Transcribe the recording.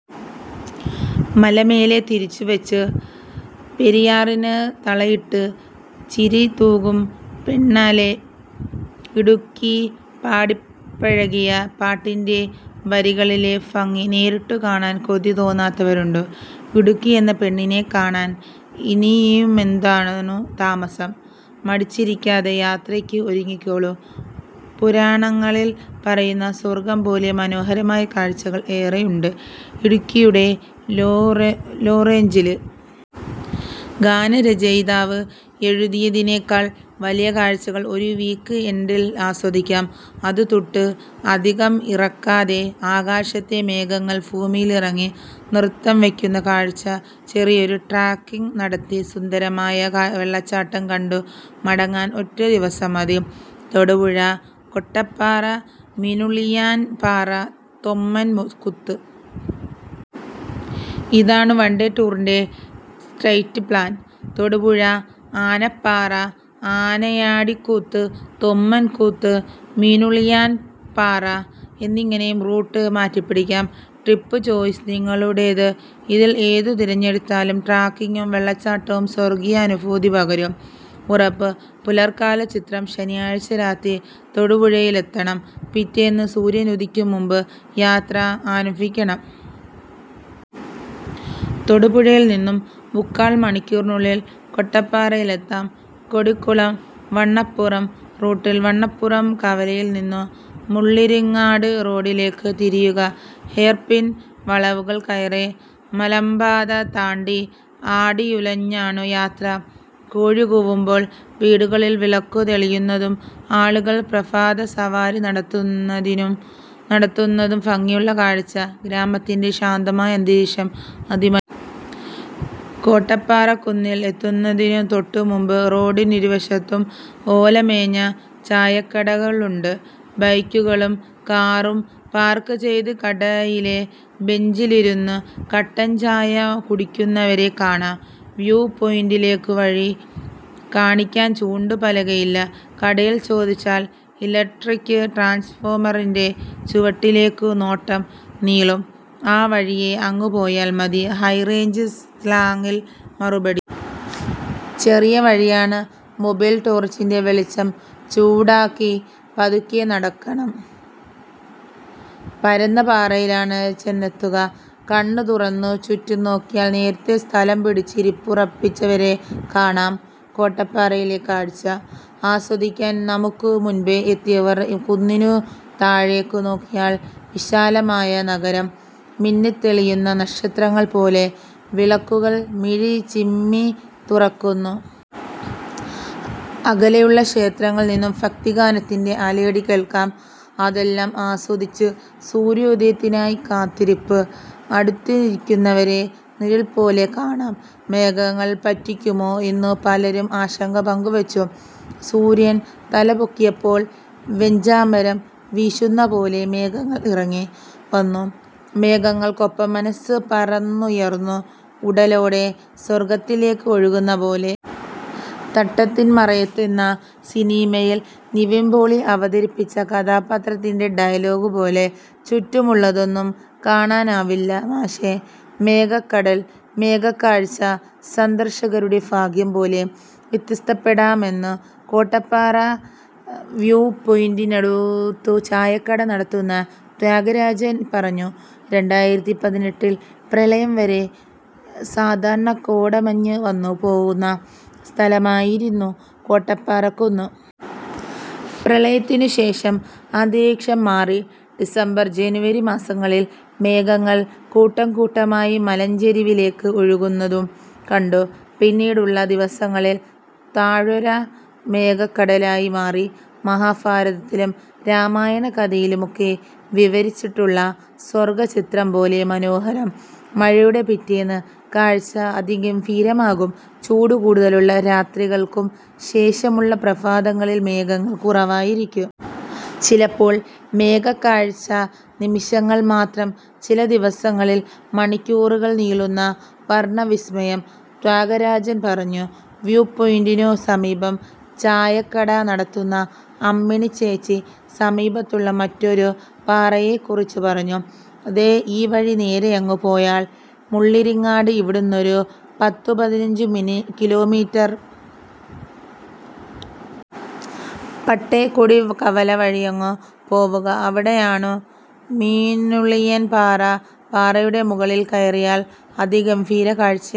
മലമേലെ തിരിവച്ച് പെരിയാറിന് തളയിട്ട് ചിരിതൂകും പെണ്ണല്ലേ ഇടുക്കി. പാടിപ്പഴകിയ പാട്ടിന്റെ വരികളിലെ ഭംഗി നേരിട്ടു കാണാൻ കൊതി തോന്നാത്തവരുണ്ടോ? ഇടുക്കി എന്ന പെണ്ണിനെ കാണാൻ ഇനിയുമെന്താണു താമസം? മടിച്ചിരിക്കാതെ യാത്രയ്ക്ക് ഒരുങ്ങിക്കോളൂ. പുരാണങ്ങളിൽ പറയുന്ന സ്വർഗം പോലെ മനോഹരമായ കാഴ്ചകൾ ഏറെയുണ്ട് ഇടുക്കിയുടെ ' ലോ റേഞ്ചില് '. ഗാനരചയിതാവ് എഴുതിയതിനേക്കാൾ വലിയ കാഴ്ചകൾ ഒരു വീക്ക് എൻഡിൽ ആദ്വസിക്കാം. അതും ' തുട്ട് ' അധികം ഇറക്കാതെ. ആകാശത്തെ മേഘങ്ങൾ ഭൂമിയിലിറങ്ങി നൃത്തം വയ്ക്കുന്ന കാഴ്ച. ചെറിയൊരു ട്രെക്കിങ് നടത്തി, സുന്ദരമായ വെള്ളച്ചാട്ടം കണ്ടു മടങ്ങാൻ ഒറ്റ ദിവസം മതി. തൊടുപുഴ കോട്ടപ്പാറ- മീനുളിയാൻപാറ തൊമ്മൻകുത്ത്. ഇതാണു വൺ ഡേ ടൂറിന്റെ സ്ട്രെയിറ്റ് പ്ലാൻ. തൊടുപുഴ, ആനപ്പാറ ആനയാടിക്കുത്ത്, തൊമ്മൻകുത്ത് ,മീനുളിയാൻപാറ എന്നിങ്ങനെയും റൂട്ട് മാറ്റിപ്പിടിക്കാം. ട്രിപ്പ് ചോയ്സ് നിങ്ങളുടേത്. ഇതിൽ ഏതു തിരഞ്ഞെടുത്താലും ട്രെക്കിങ്ങും വെള്ളച്ചാട്ടവും സ്വർഗീയാനുഭൂതി പകരും, ഉറപ്പ്. പുലർകാല ചിത്രം ശനിയാഴ്ച രാത്രി തൊടുപുഴയിലെത്തണം. പിറ്റേന്നു സൂര്യനുദിക്കും മുൻപ് യാത്ര ആരംഭിക്കണം. തൊടുപുഴയിൽ നിന്നു മുക്കാൽ മണിക്കൂറിനുള്ളിൽ കോട്ടപ്പാറയിലെത്താം. കോടിക്കുളം വണ്ണപ്പുറം റൂട്ടിൽ വണ്ണപ്പുറം കവലയിൽ നിന്നു മുള്ളിരിങ്ങാട് റോഡിലേക്ക് തിരിയുക. ഹെയർപിൻ വളവുകൾ കയറി, മലമ്പാത താണ്ടി ആടിയുലഞ്ഞാണു യാത്ര. കോഴി കൂവുമ്പോൾ വീടുകളിൽ വിളക്കു തെളിയുന്നതും ആളുകൾ പ്രഭാത സവാരി നടത്തുന്നതും ഭംഗിയുള്ള കാഴ്ച. ഗ്രാമത്തിന്റെ ശാന്തമായ അന്തരീക്ഷം അതിമനോഹരം. കോട്ടപ്പാറക്കുന്നിൽ എത്തുന്നതിനു തൊട്ടു മുൻപ് റോഡിനിരുവശത്തും ഓലമേഞ്ഞ ചായക്കടകളുണ്ട്. ബൈക്കുകളും കാറും പാർക്ക് ചെയ്ത് കടയിലെ ബെഞ്ചിലിരുന്നു കട്ടൻ ചായ കുടിക്കുന്നവരെ കാണാം. വ്യൂ പോയിന്റിലേക്കു വഴി കാണിക്കാൻ ചൂണ്ടു പലകയില്ല. കടയിൽ ചോദിച്ചാൽ ഇലക്ട്രിക് ട്രാൻസ്ഫോമറിന്റെ ചുവട്ടിലേക്കു നോട്ടം നീളും. ' ആ വഴിയേ അങ്ങു പോയാൽ മതി ' ഹൈറേഞ്ച് സ്ലാങ്ങിൽ മറുപടി. ചെറിയ വഴിയാണ്. മൊബൈൽ ടോർച്ചിന്റെ വെളിച്ചം ചൂട്ടാക്കി പതുക്കെ നടക്കണം. പരന്ന പാറയിലാണ് ചെന്നെത്തുക. കണ്ണു തുറന്നു ചുറ്റും നോക്കിയാൽ നേരത്തേ സ്ഥലം പിടിച്ച് ഇരിപ്പുറപ്പിച്ചവരെ കാണാം. കോട്ടപ്പാറയിലെ കാഴ്ച ആസ്വദിക്കാൻ നമുക്കു മുൻപേ എത്തിയവർ. കുന്നിനു താഴേക്കു നോക്കിയാൽ വിശാലമായ നഗരം. മിന്നിത്തെളിയുന്ന നക്ഷത്രങ്ങൾ പോലെ വിളക്കുകൾ മിഴിചിമ്മിത്തുറക്കുന്നു. അകലെയുള്ള ക്ഷേത്രങ്ങളിൽ നിന്നു ഭക്തിഗാനത്തിന്റെ അലയടി കേൾക്കാം. അതെല്ലാം ആസ്വദിച്ച് സൂര്യോദയത്തിനായി കാത്തിരിപ്പ്. അടുത്തിരിക്കുന്നവരെ നിഴല്പോലെ കാണാം. മേഘങ്ങൾ പറ്റിക്കുമോ എന്നു പലരും ആശങ്ക പങ്കുവച്ചു. സൂര്യൻ തലപൊക്കിയപ്പോൾ വെഞ്ചാമരം വീശുന്ന പോലെ മേഘങ്ങൾ ഇറങ്ങി വന്നു. മേഘങ്ങൾക്കൊപ്പം മനസ്സ് പറന്നുയർന്നു. ഉടലോടെ സ്വർഗ്ഗത്തിലേക്ക് ഒഴുകുന്ന പോലെ. ' തട്ടത്തിൻ മറയത്ത് ' എന്ന സിനിമയിൽ നിവിൻ പോളി അവതരിപ്പിച്ച കഥാപാത്രത്തിന്റെ ഡയലോഗ് പോലെ ' ചുറ്റുമുള്ളതൊന്നും കാണാനാവില്ല മാഷേ '. മേഘക്കടൽ മേഘക്കാഴ്ച സന്ദർശകരുടെ ഭാഗ്യം പോലെ വ്യത്യാസപ്പെടാമെന്നു കോട്ടപ്പാറ വ്യൂ പോയിന്റിനടത്തു ചായക്കട നടത്തുന്ന ത്യാഗരാജൻ പറഞ്ഞു. രണ്ടായിരത്തിപതിനെട്ടിൽ പ്രളയം വരെ സാധാരണ കോടമഞ്ഞ് വന്നു പോകുന്ന സ്ഥലമായിരുന്നു കോട്ടപ്പാറക്കുന്ന്. പ്രളയത്തിനു ശേഷം അന്തരീക്ഷം മാറി. ഡിസംബർ, ജനുവരി മാസങ്ങളിൽ മേഘങ്ങൾ കൂട്ടംകൂട്ടമായി മലഞ്ചെരിവിലേക്ക് ഒഴുകുന്നതു കണ്ടു. പിന്നീടുള്ള ദിവസങ്ങളിൽ താഴ്വര മേഘക്കടലായി മാറി. മഹാഭാരതത്തിലും രാമായണ കഥയിലുമൊക്കെ വിവരിച്ചിട്ടുള്ള സ്വർഗചിത്രം പോലെ മനോഹരം. മഴയുടെ പിറ്റേന്ന് കാഴ്ച അതിഗംഭീരമാകും. ചൂട് കൂടുതലുള്ള രാത്രികൾക്കു ശേഷമുള്ള പ്രഭാതങ്ങളിൽ മേഘങ്ങൾ കുറവായിരിക്കും. ചിലപ്പോൾ മേഘക്കാഴ്ച നിമിഷങ്ങൾ മാത്രം. ചില ദിവസങ്ങളിൽ മണിക്കൂറുകൾ നീളുന്ന വർണവിസ്മയം. ത്യാഗരാജൻ പറഞ്ഞു. വ്യൂപോയിന്റിനു സമീപം ചായക്കട നടത്തുന്ന അമ്മിണി ചേച്ചി സമീപത്തുള്ള മറ്റൊരു പാറയെക്കുറിച്ച് പറഞ്ഞു. '' ദേ, ഈ വഴി നേരെയങ്ങു പോയാൽ മുള്ളിരിങ്ങാട്. ഇവിടുന്നൊരു പത്തു പതിനൊന്ന് കിലോമീറ്റർ. പട്ടേക്കുടി കവല വഴിയങ്ങു പോവുക. അവിടെയാണു മീനുളിയാൻപാറ. പാറയുടെ മുകളിൽ കയറിയാൽ അതിഗംഭീര കാഴ്ചയാണ്.